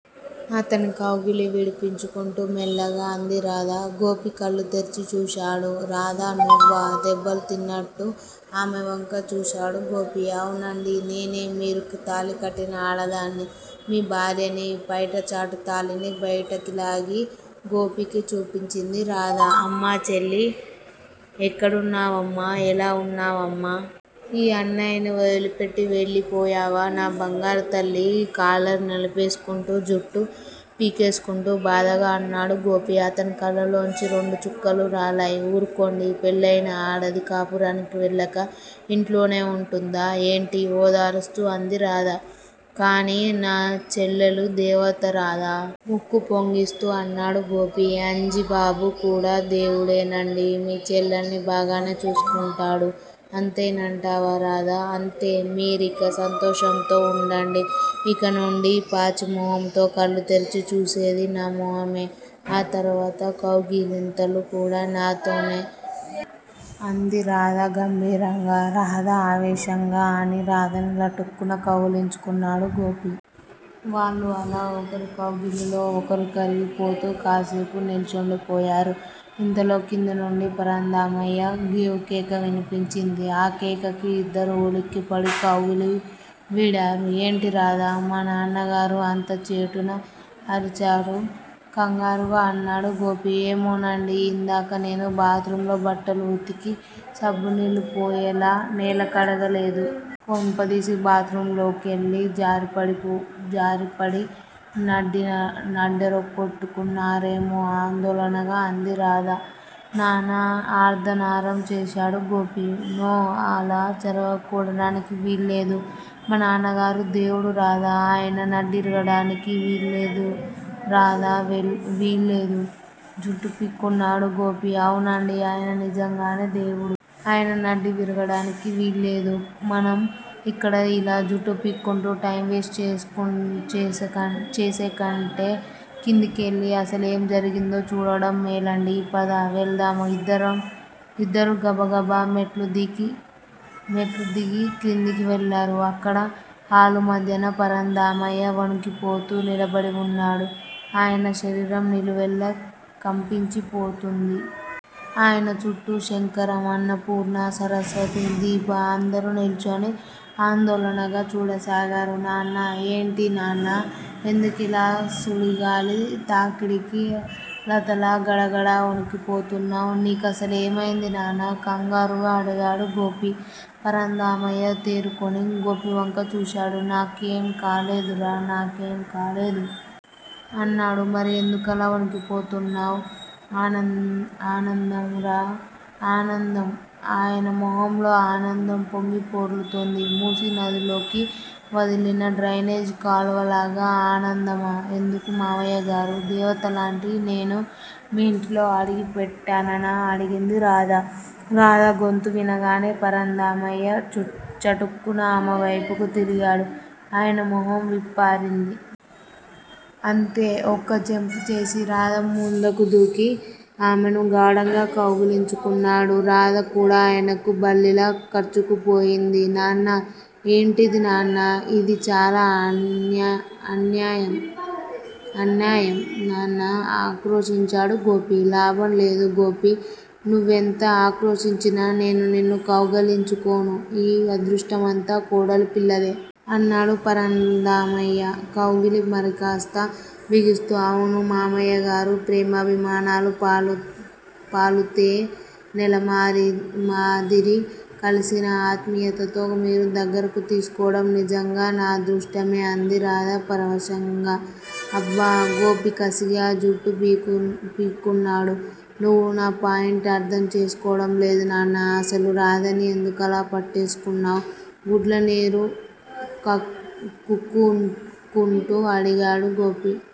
అతని కౌగిలి విడిపించుకుంటూ మెల్లగా అంది రాధ. గోపి కళ్ళుతెరిచి చూశాడు. రాధా! నువ్వా? దెబ్బతిన్నట్టు ఆమెవంక చూశాడు గోపి. అవునండీ. నేనే మీరు తాళికట్టిన ఆడదాన్ని. మీ భార్యని! పైటచాటు తాళిని బయటకిలాగి గోపీకి చూపించింది రాధ. అమ్మా చెల్లీ? ఎక్కడున్నావమ్మా? ఎలా ఉన్నావమ్మా? ఈ అన్నయ్యని వదిలిపెట్టి వెళ్ళిపోయినా నా బంగారుతల్లీ? కాలర్ నలిపేస్కుంటూ జుట్టు పీకేస్కుంటూ బాధగా అన్నాడు గోపీ. అతని కళ్ళలోంచి రెండుచుక్కలు రాలాయ్. ఊర్కోండి. పెళ్ళయిన ఆడది కాపురానికి వెళ్ళక ఇంట్లోనే వుంటుందా ఏంటీ? ఓదారుస్తూ అంది రాధ. కానీ నా చెల్లెలు దేవత రాధా. ముక్కు పొంగిస్తూ అన్నాడు గోపి. అంజిబాబు కూడా దేవుడేనండీ. మీ చెల్లెల్ని బాగానే చూస్కుంటాడు. అంతేనంటావా రాధా? అంతే. మీరిక సంతోషంతో ఉండండి. ఇకనుండి పాచిమొహముతో కళ్ళుతెరిచి చూసేది నా మొహమే. ఆ తర్వాత కౌగిలింతలు కూడా నాతోనే. అంది రాధ గంభీరంగా. రాధా ఆవేశంగా అని రాధని లటుక్కున కౌగిలించుకున్నాడు గోపి. వాళ్ళు అలా ఒకరి కౌగిలిలో ఒకరు కరిగిపోతూ కాసేపు నిల్చుండిపోయారు. ఇంతలో కిందనుండి పరంధామయ్య గేవుకేక వినిపించింది. ఆ కేకకి ఇద్దరూ ఉలిక్కిపడి కౌగిలి వీడారు. ఏంటి రాధా. మా నాన్నగారు అంతచేటున అరిచారు? కంగారుగా అన్నాడు గోపీ. ఏమోనండీ. ఇందాక నేను బాత్రూమ్ లో బట్టలు వుతికి సబ్బునీళ్ళు పోయేలా నేల కడగలేదు. కొంపదీసి బాత్రూంలోకి వెళ్ళి కాలుజారిపడి నడ్డిరక్కొట్టు కున్నారేమో!? ఆందోళనగా అంది రాధ. నాన్నా. ఆర్తనాదం చేశాడు గోపి. నో. అలా జరగడానికి వీల్లేదు. మా నాన్నగారు దేవుడు రాధా. ఆయన నడ్డిరగడానికి వీల్లేదు రాధా వీల్లేదు! జుట్టు పీక్కున్నాడు గోపి. అవునండీ ఆయన నిజంగానే దేవుడు. ఆయన నడ్డి విరగడానికి వీల్లేదు. మనం ఇక్కడ ఇలా జుట్టు పీక్కుంటూ టైంవేస్టు చేసేకంటే కిందకెళ్ళి అసలేం జరిగిందో చూడడం మేలండి. పద. వెళ్దాం. ఇద్దరూ గబగబా మెట్లుదిగి క్రిందికి వెళ్ళారు. అక్కడ హాలుమధ్యన పరంధామయ్య వణికిపోతూ నిలబడి వున్నాడు. ఆయన శరీరం నిలువెల్లా కంపించిపోతూంది. ఆయనచుట్టూ శంకరం, అన్నపూర్ణా, సరస్వతి, దీప అందరూ నిల్చుని ఆందోళనగా చూడసాగారు. నాన్నా. ఏంటి నాన్నా? ఎందుకిలా సుడిగాలి తాకిడికి లతలా గడగడా వణికిపోతున్నావ్? నీ కసలు ఏమైంది నాన్నా? కంగారుగా అడిగాడు గోపి. పరంధామయ్య తేరుకుని గోపివంక చూశాడు. నాకేం కాలేదురా. నాకేం కాలేదు. అన్నాడు. మరి ఎందుకలా వణికిపోతున్నావ్? ఆనందంరా. ఆనందం. ఆయన మొహంలో ఆనందం పొంగిపొర్లుతూంది మూసీనదిలోకి వదిలిన డ్రైనేజి కాలువలాగా. ఆనందమా! ఎందుకు మామయ్యగారూ? దేవతలాంటి నేను ఈ ఇంటిలో అడుగుపెట్టాననా? అడిగింది రాధ. రాధ గొంతు వినగానే పరంధామయ్య చటుక్కున అమెవైపుకు తిరిగాడు. ఆయన మొహం విప్పారింది. అంతే ఒక్క జంప్ చేసి రాధ ముందుకదూకి ఆమెను గాఢంగా కౌగిలించుకున్నాడు. రాధ కూడా ఆయనకు బల్లిలా కర్చుకుపోయింది. నాన్నా. హేన్టిది నాన్నా? ఇది చాలా అన్నాయం నాన్నా. ఆక్రోశించాడు గోపి. లాభం లేదు గోపీ. నువ్వెంత ఆక్రోశించినా నేను నిన్ను కౌగిలించుకోను. ఈ అదృష్టంమంతా కోడలు పిల్లదే. అన్నాడు పరంధామయ్య కౌగిలి మరికాస్త బిగిస్తూ. అవును మామయ్యగారూ. ప్రేమాభిమానాలు పాలూతేనెలమాదిరి కలిసిన ఆత్మీయతతో మీరు దగ్గరకుతీసుకోవడం నిజంగా నా అదృష్టమే అంది రాధ పరవశంగా. హబ్బా! గోపి కసిగా జుట్టు పీక్కున్నాడు. నువ్వు నా పాయింట్ అర్థం చేసుకోవడంలేదు నాన్నా. అసలు రాధని ఎందుకలా పట్టేస్కున్నావ్? గుడ్ల నీరు కుక్కుకుంటూ అడిగాడు గోపి.